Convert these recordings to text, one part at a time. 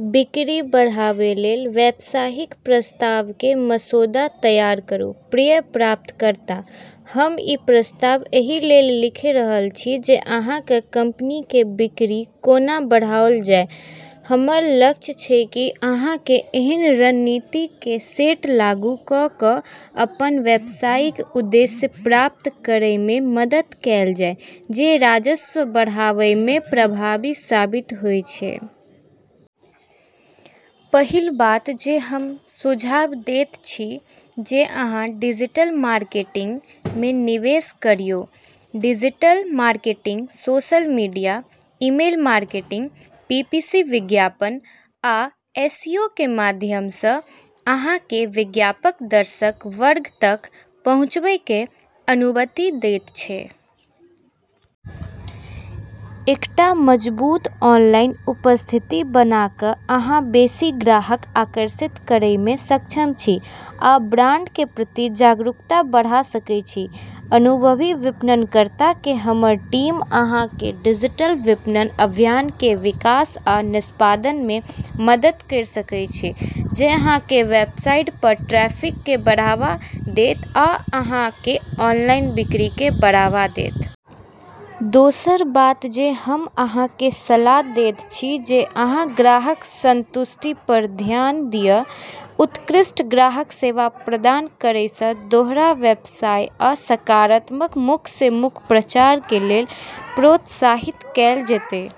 बिक्री बढ़ाबय लेल व्यावसायिक प्रस्ताव के मसौदा तैयार करू:- प्रिय [प्राप्तकर्ता], हम ई प्रस्ताव एहि लेल लिखि रहल छी जे अहाँक कंपनी के बिक्री कोना बढ़ाओल जाय। हमर लक्ष्य छै कि अहाँ केँ एहन रणनीति के सेट लागू कऽ कऽ अपन व्यावसायिक उद्देश्य प्राप्त करय में मदद कएल जाय जे राजस्व बढ़ाबय में प्रभावी साबित होय छै। पहिल बात जे हम सुझाव दैत छी जे अहाँ डिजिटल मार्केटिंग में निवेश करिऔ। Digital marketing social media, email marketing, PPC विज्ञापन, आ एसईओ के माध्यम सँ अहाँ केँ व्यापक दर्शक वर्ग तक पहुँचबय के अनुमति दैत छै। एकटा मजबूत ऑनलाइन उपस्थिति बना कऽ अहाँ बेसि ग्राहक आकर्षित करय में सक्षम छी आ ब्रांड के प्रति जागरूकता बढ़ा सकय छी। अनुभवी विपणनकर्ता के हमर टीम अहाँ केँ डिजिटल विपणन अभियान के विकास आ निष्पादन में मदद कयर सकय छै जे अहाँ के वेबसाइट पर ट्रैफिक के बढ़ावा देयत आ अहाँ के ऑनलाइन बिक्री के बढ़ावा देयत। दोसर बात जे हम अहाँ के सलाह दैत छी जे अहाँ ग्राहक संतुष्टि पर ध्यान दिअ। उत्कृष्ट ग्राहक सेवा प्रदान करय सँ दोहरा व्यवसाय आ सकारात्मक मुख-से-मुख प्रचार के लेल प्रोत्साहित कएल जेतय।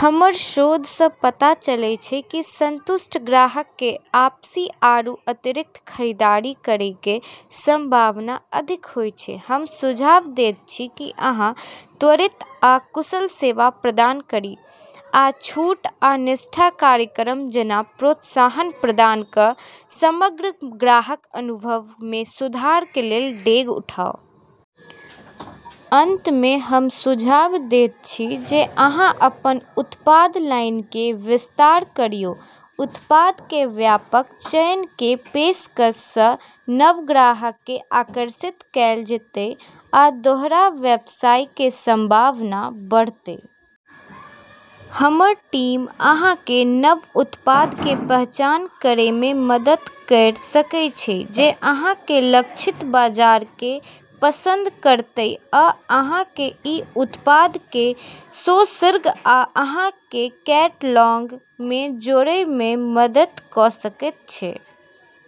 हमर शोध सँ पता चलै छै कि संतुष्ट ग्राहक के वापसी आरू अतिरिक्त खरीदारी करै के संभावना अधिक होय छै। हम सुझाव देयत छी की अहाँ त्वरित आ कुशल सेवा प्रदान करी, आ छूट आ निष्ठा कार्यक्रम जैना प्रोत्साहन प्रदान कऽ समग्र ग्राहक अनुभव में सुधार के लेल डेग उठाउ। अंत में हम सुझाव दैत छी जे अहाँ अपन उत्पाद लाइन के विस्तार करिऔ। उत्पाद के व्यापक चयन के पेशकश सँ नव ग्राहक केँ आकर्षित कएल जेतय आ दोहरा व्यवसाय के संभावना बढ़तय। हमर टीम अहाँ केँ नव उत्पाद के पहचान करय में मदद कयर सकय छै जे अहाँ के लक्षित बाजार के पसंद करतय आ अहाँ केँ ई उत्पाद के सोर्सिंग आ अहाँ के कैटलॉग मे जोड़य मे मदति क' सकैत छै।